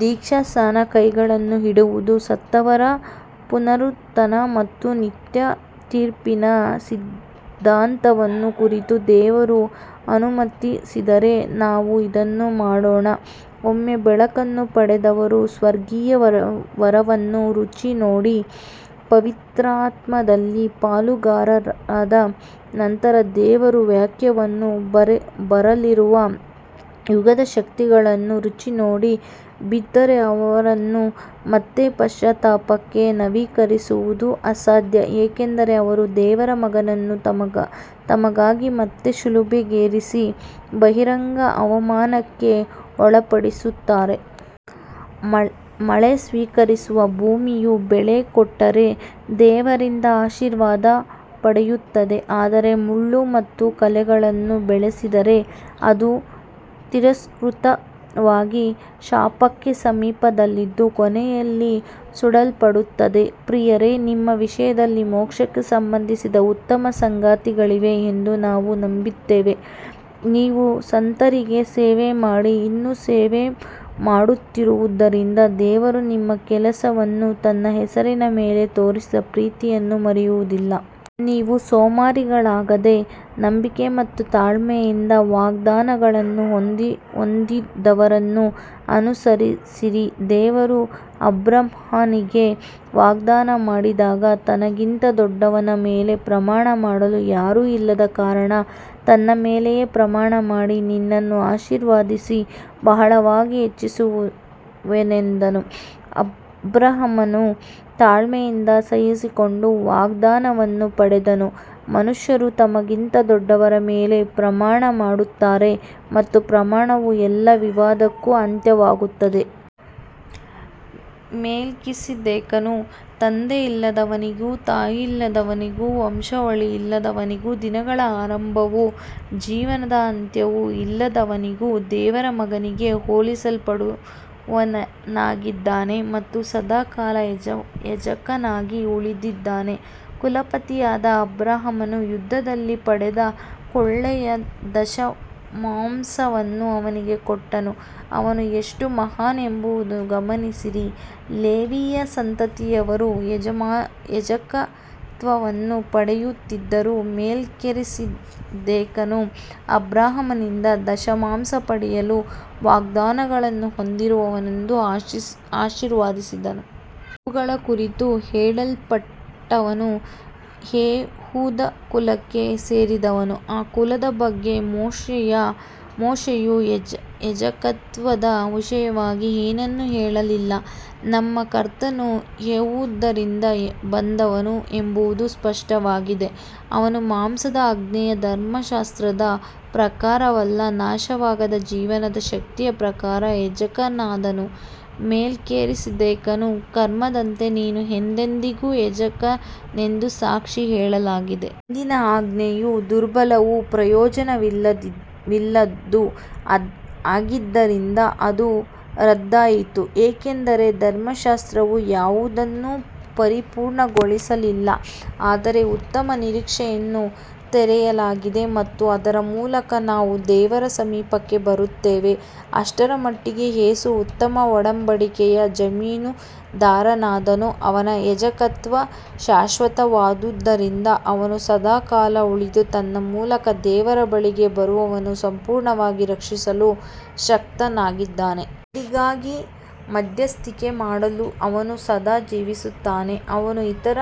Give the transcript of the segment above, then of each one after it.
ದೀಕ್ಷಾಸ್ನಾನ ಕೈಗಳನ್ನು ಇಡುವುದು ಸತ್ತವರ ಪುನರುತ್ಥಾನ ಮತ್ತು ನಿತ್ಯ ತೀರ್ಪಿನ ಸಿದ್ಧಾಂತವನ್ನು ಕುರಿತು ದೇವರು ಅನುಮತಿಸಿದರೆ ನಾವು ಇದನ್ನು ಮಾಡೋಣ. ಒಮ್ಮೆ ಬೆಳಕನ್ನು ಪಡೆದವರು ಸ್ವರ್ಗೀಯ ವರವನ್ನು ರುಚಿನೋಡಿ ಪವಿತ್ರಾತ್ಮದಲ್ಲಿ ಪಾಲುಗಾರರಾದ ನಂತರ ದೇವರ ವಾಕ್ಯವನ್ನೂ ಬರಲಿರುವ ಯುಗದ ಶಕ್ತಿಗಳನ್ನೂ ರುಚಿನೋಡಿ ಬಿದ್ದರೆ ಅವರನ್ನು ಮತ್ತೆ ಪಶ್ಚಾತ್ತಾಪಕ್ಕೆ ನವೀಕರಿಸುವುದು ಅಸಾಧ್ಯ, ಏಕೆಂದರೆ ಅವರು ದೇವರ ಮಗನನ್ನು ತಮಗಾಗಿ ಮತ್ತೆ ಶಿಲುಬೆಗೇರಿಸಿ ಬಹಿರಂಗ ಅವಮಾನಕ್ಕೆ ಒಳಪಡಿಸುತ್ತಾರೆ. ಮಳೆ ಸ್ವೀಕರಿಸುವ ಭೂಮಿಯು ಬೆಳೆ ಕೊಟ್ಟರೆ ದೇವರಿಂದ ಆಶೀರ್ವಾದ ಪಡೆಯುತ್ತದೆ, ಆದರೆ ಮುಳ್ಳು ಮತ್ತು ಕಳೆಗಳನ್ನು ಬೆಳೆಸಿದರೆ ಅದು ತಿರಸ್ಕೃತವಾಗಿ ಶಾಪಕ್ಕೆ ಸಮೀಪದಲ್ಲಿದ್ದು ಕೊನೆಯಲ್ಲಿ ಸುಡಲ್ಪಡುತ್ತದೆ. ಪ್ರಿಯರೇ, ನಿಮ್ಮ ವಿಷಯದಲ್ಲಿ ಮೋಕ್ಷಕ್ಕೆ ಸಂಬಂಧಿಸಿದ ಉತ್ತಮ ಸಂಗತಿಗಳಿವೆ ಎಂದು ನಾವು ನಂಬುತ್ತೇವೆ. ನೀವು ಸಂತರಿಗೆ ಸೇವೆಮಾಡಿ ಇನ್ನೂ ಸೇವೆಮಾಡುತ್ತಿರುವುದರಿಂದ ದೇವರು ನಿಮ್ಮ ಕೆಲಸವನ್ನೂ ತನ್ನ ಹೆಸರಿನ ಮೇಲೆ ತೋರಿಸಿದ ಪ್ರೀತಿಯನ್ನೂ ಮರೆಯುವುದಿಲ್ಲ. ನೀವು ಸೋಮಾರಿಗಳಾಗದೆ ನಂಬಿಕೆ ಮತ್ತು ತಾಳ್ಮೆಯಿಂದ ವಾಗ್ದಾನಗಳನ್ನು ಹೊಂದಿದವರನ್ನು ಅನುಸರಿಸಿರಿ. ದೇವರು ಅಬ್ರಹಾಮನಿಗೆ ವಾಗ್ದಾನ ಮಾಡಿದಾಗ ತನ್ನಿಗಿಂತ ದೊಡ್ಡವನ ಮೇಲೆ ಪ್ರಮಾಣ ಮಾಡಲು ಯಾರೂ ಇಲ್ಲದ ಕಾರಣ ತನ್ನ ಮೇಲೆಯೇ ಪ್ರಮಾಣಮಾಡಿ ನಿನ್ನನ್ನು ಆಶೀರ್ವದಿಸಿ ಬಹಳವಾಗಿ ಹೆಚ್ಚಿಸುವೆನೆಂದನು. ಅಬ್ರಹಾಮನು ತಾಳ್ಮೆಯಿಂದ ಸಹಿಸಿಕೊಂಡು ವಾಗ್ದಾನವನ್ನು ಪಡೆದನು. ಮನುಷ್ಯರು ತಮಗಿಂತ ದೊಡ್ಡವರ ಮೇಲೆ ಪ್ರಮಾಣಮಾಡುತ್ತಾರೆ ಮತ್ತು ಪ್ರಮಾಣವು ಎಲ್ಲ ವಿವಾದಕ್ಕೂ ಅಂತ್ಯವಾಗುತ್ತದೆ. ಮೆಲ್ಕಿಸೆದೇಕನು ತಂದೆಯಿಲ್ಲದವನಾಗಿಯೂ ತಾಯಿಯಿಲ್ಲದವನಾಗಿಯೂ ವಂಶಾವಳಿಯಿಲ್ಲದವನಾಗಿಯೂ ದಿನಗಳ ಆರಂಭವೂ ಜೀವನದ ಅಂತ್ಯವೂ ಇಲ್ಲದವನಾಗಿಯೂ ದೇವರ ಮಗನಿಗೆ ಹೋಲಿಸಲ್ಪಟ್ಟವನಾಗಿದ್ದಾನೆ ಮತ್ತು ಸದಾಕಾಲ ಯಾಜಕನಾಗಿ ಉಳಿದಿದ್ದಾನೆ. ಕುಲಪತಿಯಾದ ಅಬ್ರಹಾಮನು ಯುದ್ಧದಲ್ಲಿ ಪಡೆದ ಕೊಳ್ಳೆಯ ದಶಮಾಂಶವನ್ನು ಅವನಿಗೆ ಕೊಟ್ಟನು. ಅವನು ಎಷ್ಟು ಮಹಾನ್ ಎಂಬುದನ್ನು ಗಮನಿಸಿರಿ. ಲೇವಿಯ ಸಂತತಿಯವರು ಯಾಜಕತ್ವವನ್ನು ಪಡೆಯುತ್ತಿದ್ದರೂ ಮೆಲ್ಕಿಸೆದೇಕನು ಅಬ್ರಹಾಮನಿಂದ ದಶಮಾಂಶ ಪಡೆದು ವಾಗ್ದಾನಗಳನ್ನು ಹೊಂದಿದವನನ್ನು ಆಶೀರ್ವದಿಸಿದನು. ಇವುಗಳ ಕುರಿತು ಹೇಳಲ್ಪಟ್ಟವನು ಯೆಹೂದ ಕುಲಕ್ಕೆ ಸೇರಿದವನು, ಆ ಕುಲದ ಬಗ್ಗೆ ಮೋಶೆಯು ಯಾಜಕತ್ವದ ವಿಷಯವಾಗಿ ಏನನ್ನೂ ಹೇಳಲಿಲ್ಲ. ನಮ್ಮ ಕರ್ತನು ಯೆಹೂದದಿಂದ ಬಂದವನು ಎಂಬುದು ಸ್ಪಷ್ಟವಾಗಿದೆ. ಅವನು ಮಾಂಸದ ಆಜ್ಞೆಯ ಧರ್ಮಶಾಸ್ತ್ರದ ಪ್ರಕಾರವಲ್ಲ, ನಾಶವಾಗದ ಜೀವನದ ಶಕ್ತಿಯ ಪ್ರಕಾರ ಯಾಜಕನಾದನು. ಮೆಲ್ಕಿಸೆದೇಕನ ಕ್ರಮದಂತೆ ನೀನು ಎಂದೆಂದಿಗೂ ಯಾಜಕನೆಂದು ಸಾಕ್ಷಿ ಹೇಳಲಾಗಿದೆ. ಹಿಂದಿನ ಆಜ್ಞೆಯು ದುರ್ಬಲವೂ ಪ್ರಯೋಜನವಿಲ್ಲದ್ದೂ ಆಗಿದ್ದರಿಂದ ಅದು ರದ್ದಾಯಿತು, ಏಕೆಂದರೆ ಧರ್ಮಶಾಸ್ತ್ರವು ಯಾವುದನ್ನೂ ಪರಿಪೂರ್ಣಗೊಳಿಸಲಿಲ್ಲ. ಆದರೆ ಉತ್ತಮ ನಿರೀಕ್ಷೆಯನ್ನು ತರಲಾಗಿದೆ ಮತ್ತು ಅದರ ಮೂಲಕ ನಾವು ದೇವರ ಸಮೀಪಕ್ಕೆ ಬರುತ್ತೇವೆ. ಅಷ್ಟರಮಟ್ಟಿಗೆ ಯೇಸು ಉತ್ತಮ ಒಡಂಬಡಿಕೆಯ ಜಾಮೀನುದಾರನಾದನು. ಅವನ ಯಾಜಕತ್ವ ಶಾಶ್ವತವಾದುದರಿಂದ ಅವನು ಸದಾಕಾಲ ಉಳಿದು ತನ್ನ ಮೂಲಕ ದೇವರ ಬಳಿಗೆ ಬರುವವರನ್ನು ಸಂಪೂರ್ಣವಾಗಿ ರಕ್ಷಿಸಲು ಶಕ್ತನಾಗಿದ್ದಾನೆ. ಅವರಿಗಾಗಿ ಮಧ್ಯಸ್ಥಿಕೆ ಮಾಡಲು ಅವನು ಸದಾ ಜೀವಿಸುತ್ತಾನೆ. ಅವನು ಇತರ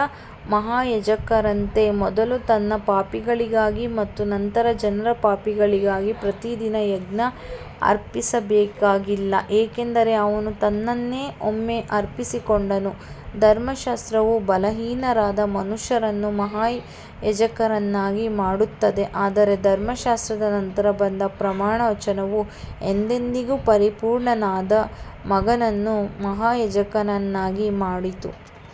ಮಹಾಯಾಜಕರಂತೆ ಮೊದಲು ತನ್ನ ಪಾಪಗಳಿಗಾಗಿ ಮತ್ತು ನಂತರ ಜನರ ಪಾಪಗಳಿಗಾಗಿ ಪ್ರತಿದಿನ ಯಜ್ಞ ಅರ್ಪಿಸಬೇಕಾಗಿಲ್ಲ, ಏಕೆಂದರೆ ಅವನು ತನ್ನನ್ನೇ ಒಮ್ಮೆ ಅರ್ಪಿಸಿಕೊಂಡನು. ಧರ್ಮಶಾಸ್ತ್ರವು ಬಲಹೀನರಾದ ಮನುಷ್ಯರನ್ನು ಮಹಾಯಾಜಕರನ್ನಾಗಿ ಮಾಡುತ್ತದೆ, ಆದರೆ ಧರ್ಮಶಾಸ್ತ್ರದ ನಂತರ ಬಂದ ಪ್ರಮಾಣವಚನವು ಎಂದೆಂದಿಗೂ ಪರಿಪೂರ್ಣನಾದ ಮಗನನ್ನು ಮಹಾಯಾಜಕನನ್ನಾಗಿ ಮಾಡಿತು.